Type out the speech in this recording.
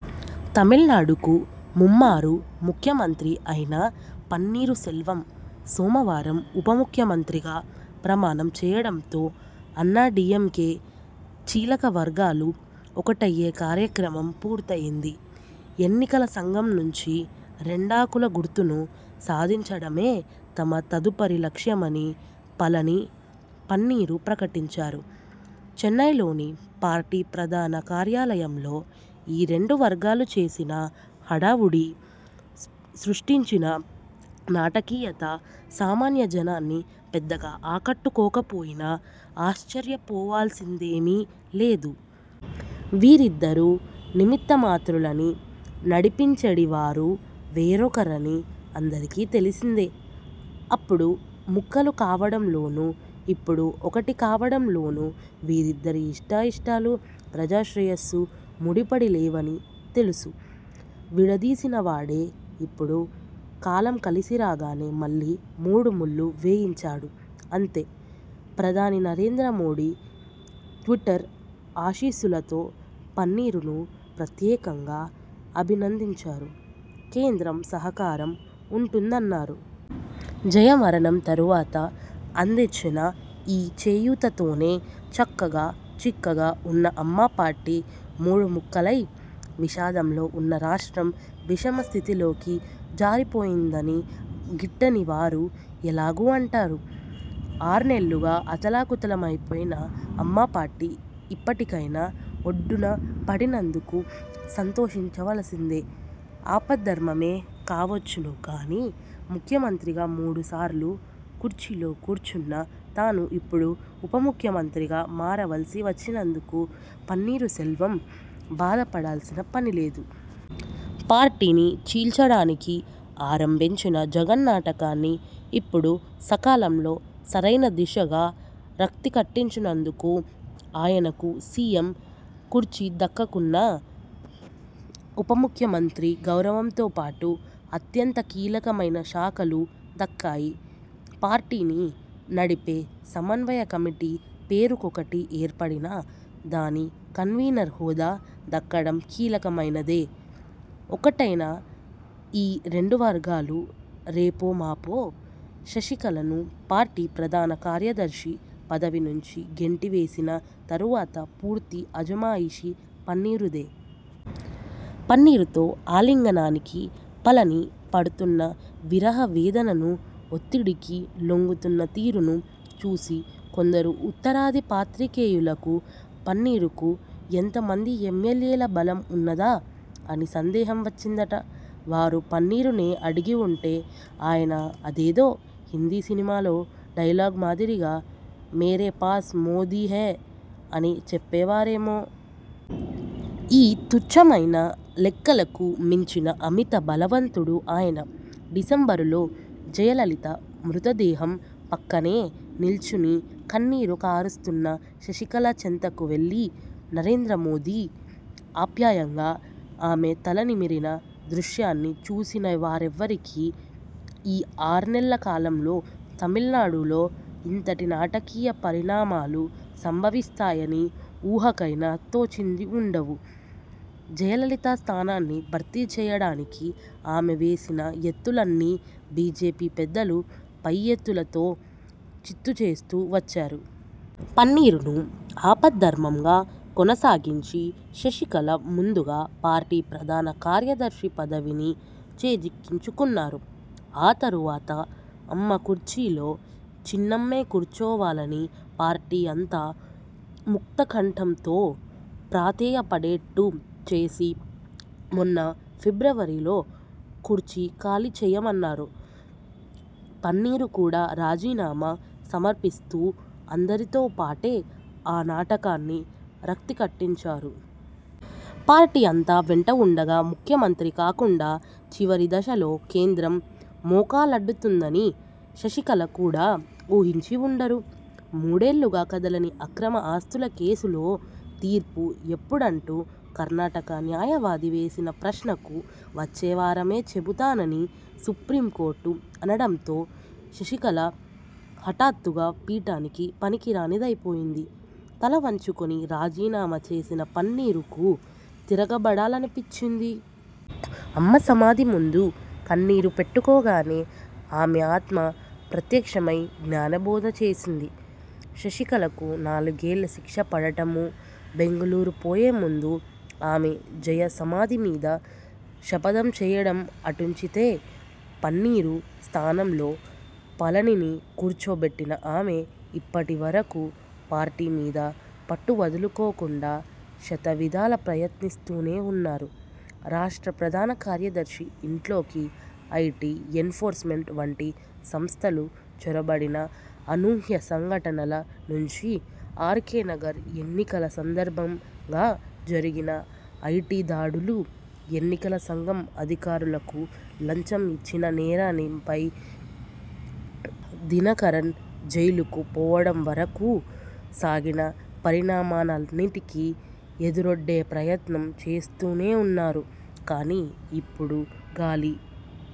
తమిళనాడుకు ముమ్మారు ముఖ్యమంత్రి అయిన పన్నీరుసెల్వం సోమవారం ఉపముఖ్యమంత్రిగా ప్రమాణం చేయడంతో అన్నాడీఎంకే చీలికవర్గాలు ఒక్కటయ్యే కార్యక్రమం పూర్తయింది. ఎన్నికల సంఘం నుంచి రెండాకుల గుర్తును సాధించడమే తమ తదుపరి లక్ష్యమని పళని, పన్నీరు ప్రకటించారు. చెన్నయ్లోని పార్టీ ప్రధాన కార్యాలయంలో ఈ రెండు వర్గాలు చేసిన హడావుడి, సృష్టించిన నాటకీయత సామాన్యజనాన్ని పెద్దగా ఆకట్టుకోకపోయినా ఆశ్చర్యపోవాల్సిందేమీ లేదు. వీరిద్దరూ నిమిత్తమాత్రులనీ, నడిపించెడివారు వేరొకరని అందరికీ తెలిసిందే. అప్పుడు ముక్కలు కావడంలోనూ, ఇప్పుడు ఒక్కటి కావడంలోనూ వీరిద్దరి ఇష్టాయిష్టాలు, ప్రజాశ్రేయస్సు ముడిపడిలేవనీ తెలుసు. విడదీసినవాడే ఇప్పుడు కాలం కలిసిరాగానే మళ్ళీ మూడుముళ్ళు వేయించాడు అంతే. ప్రధాని నరేంద్రమోదీ ట్విట్టర్ ఆశీస్సులతో పన్నీరును ప్రత్యేకంగా అభినందించారు. కేంద్రం సహకారం ఉంటుందన్నారు. జయ మరణం తరువాత అందించిన ఈ చేయూతతోనే చక్కగా చిక్కగా ఉన్న అమ్మ పార్టీ మూడు ముక్కలై, విషాదంలో ఉన్న రాష్ట్రం విషమ స్థితిలోకి జారిపోయిందని గిట్టనివారు ఎలాగూ అంటారు. ఆర్నెల్లుగా అతలాకుతలమైపోయిన అమ్మపార్టీ ఇప్పటికైనా ఒడ్డునపడినందుకు సంతోషించవలసిందే. ఆపద్ధర్మమే కావచ్చును కానీ, ముఖ్యమంత్రిగా మూడుసార్లు కుర్చీలో కూర్చున్న తాను ఇప్పుడు ఉపముఖ్యమంత్రిగా మారవలసి వచ్చినందుకు పన్నీరుసెల్వం బాధపడవలసిన పనిలేదు. పార్టీని చీల్చడానికి ఆరంభించిన జగన్నాటకాన్ని ఇప్పుడు సకాలంలో సరైనదిశగా రక్తికట్టించినందుకు ఆయనకు సీఎం కుర్చీ దక్కకున్నా, ఉపముఖ్యమంత్రి గౌరవంతోపాటు, అత్యంత కీలకమైన శాఖలు దక్కాయి. పార్టీని నడిపే సమన్వయ కమిటీ పేరుకొకటి ఏర్పడినా, దాని కన్వీనర్హోదా దక్కడం కీలకమైనదే. ఒక్కటైన ఈ రెండువర్గాలు రేపోమాపో శశికళను పార్టీ ప్రధాన కార్యదర్శి పదవి నుంచి గెంటివేసిన తరువాత పూర్తి అజమాయిషీ పన్నీరుదే. పన్నీరుతో ఆలింగనానికి పళని పడుతున్న విరహవేదననూ, ఒత్తిడికి లొంగుతున్న తీరునూ చూసి కొందరు ఉత్తరాది పాత్రికేయులకు పన్నీరుకు ఎంతమంది ఎమ్మెల్యేల బలం ఉన్నదా అని సందేహం వచ్చిందట. వారు పన్నీరునే అడిగివుంటే ఆయన అదేదో హిందీ సినిమాలో డైలాగ్ మాదిరిగా 'మేరే పాస్ మోదీ హై' అని చెప్పేవారేమో! ఈ తుచ్ఛమైన లెక్కలకు మించిన అమిత బలవంతుడు ఆయన. డిసెంబరులో జయలలిత మృతదేహం పక్కనే నిల్చుని కన్నీరు కారుస్తున్న శశికళ చెంతకు వెళ్ళి నరేంద్రమోదీ ఆప్యాయంగా ఆమె తలనిమిరిన దృశ్యాన్ని చూసినవారెవ్వరికీ ఈ ఆర్నెల్లకాలంలో తమిళనాడులో ఇంతటి నాటకీయ పరిణామాలు సంభవిస్తాయని ఊహకైనా తోచివుండవు. జయలలిత స్థానాన్ని భర్తీచేయడానికి ఆమె వేసిన ఎత్తులన్నీ బీజేపీ పెద్దలు పై ఎత్తులతో చిత్తుచేస్తూ వచ్చారు. పన్నీరును ఆపద్ధర్మంగా కొనసాగించి, శశికళ ముందుగా పార్టీ ప్రధాన కార్యదర్శి పదవిని చేజిక్కించుకున్నారు. ఆ తరువాత అమ్మ కుర్చీలో చిన్నమ్మే కూర్చోవాలని పార్టీ అంతా ముక్తకంఠంతో ప్రాథేయపడేట్టు చేసి మొన్న ఫిబ్రవరిలో కుర్చీ ఖాళీచేయమన్నారు. పన్నీరు కూడా రాజీనామా సమర్పిస్తూ అందరితోపాటే ఆ నాటకాన్ని రక్తికట్టించారు. పార్టీ అంతా వెంట ఉండగా ముఖ్యమంత్రి కాకుండా చివరిదశలో కేంద్రం మోకాలడ్డుతుందని శశికళ కూడా ఊహించి వుండరు. మూడేళ్ళుగా కదలని అక్రమ ఆస్తుల కేసులో తీర్పు ఎప్పుడంటూ కర్ణాటక న్యాయవాది వేసిన ప్రశ్నకు వచ్చేవారమే చెబుతానని సుప్రీంకోర్టు అనడంతో శశికళ హఠాత్తుగా పీఠానికి పనికిరానిదైపోయింది. తలవంచుకొని రాజీనామా చేసిన పన్నీరుకు తిరగబడాలనిపించింది. అమ్మసమాధిముందు కన్నీరు పెట్టుకోగానే ఆమె ఆత్మ ప్రత్యక్షమై జ్ఞానబోధ చేసింది. శశికళకు నాలుగేళ్ళ శిక్షపడటమూ, బెంగుళూరు పోయేముందు ఆమె జయ సమాధిమీద శపథం చేయడం అటుంచితే, పన్నీరు స్థానంలో పళనిని కూర్చోబెట్టిన ఆమె ఇప్పటివరకూ పార్టీమీద పట్టువదులుకోకుండా శతవిధాల ప్రయత్నిస్తూనే ఉన్నారు. రాష్ట్ర ప్రధానకార్యదర్శి ఇంట్లోకి ఐటీ, ఎన్ఫోర్స్మెంట్ వంటి సంస్థలు చొరబడిన అనూహ్య సంఘటనల నుంచి, ఆర్కేనగర్ ఎన్నికల సందర్భంగా జరిగిన ఐటీదాడులు, ఎన్నికల సంఘం అధికారులకు లంచం ఇచ్చిన నేరంపై దినకరన్ జైలుకు పోవడంవరకూ సాగిన పరిణామాలన్నింటికీ ఎదురొడ్డే ప్రయత్నం చేస్తూనేఉన్నారు. కానీ, ఇప్పుడు గాలి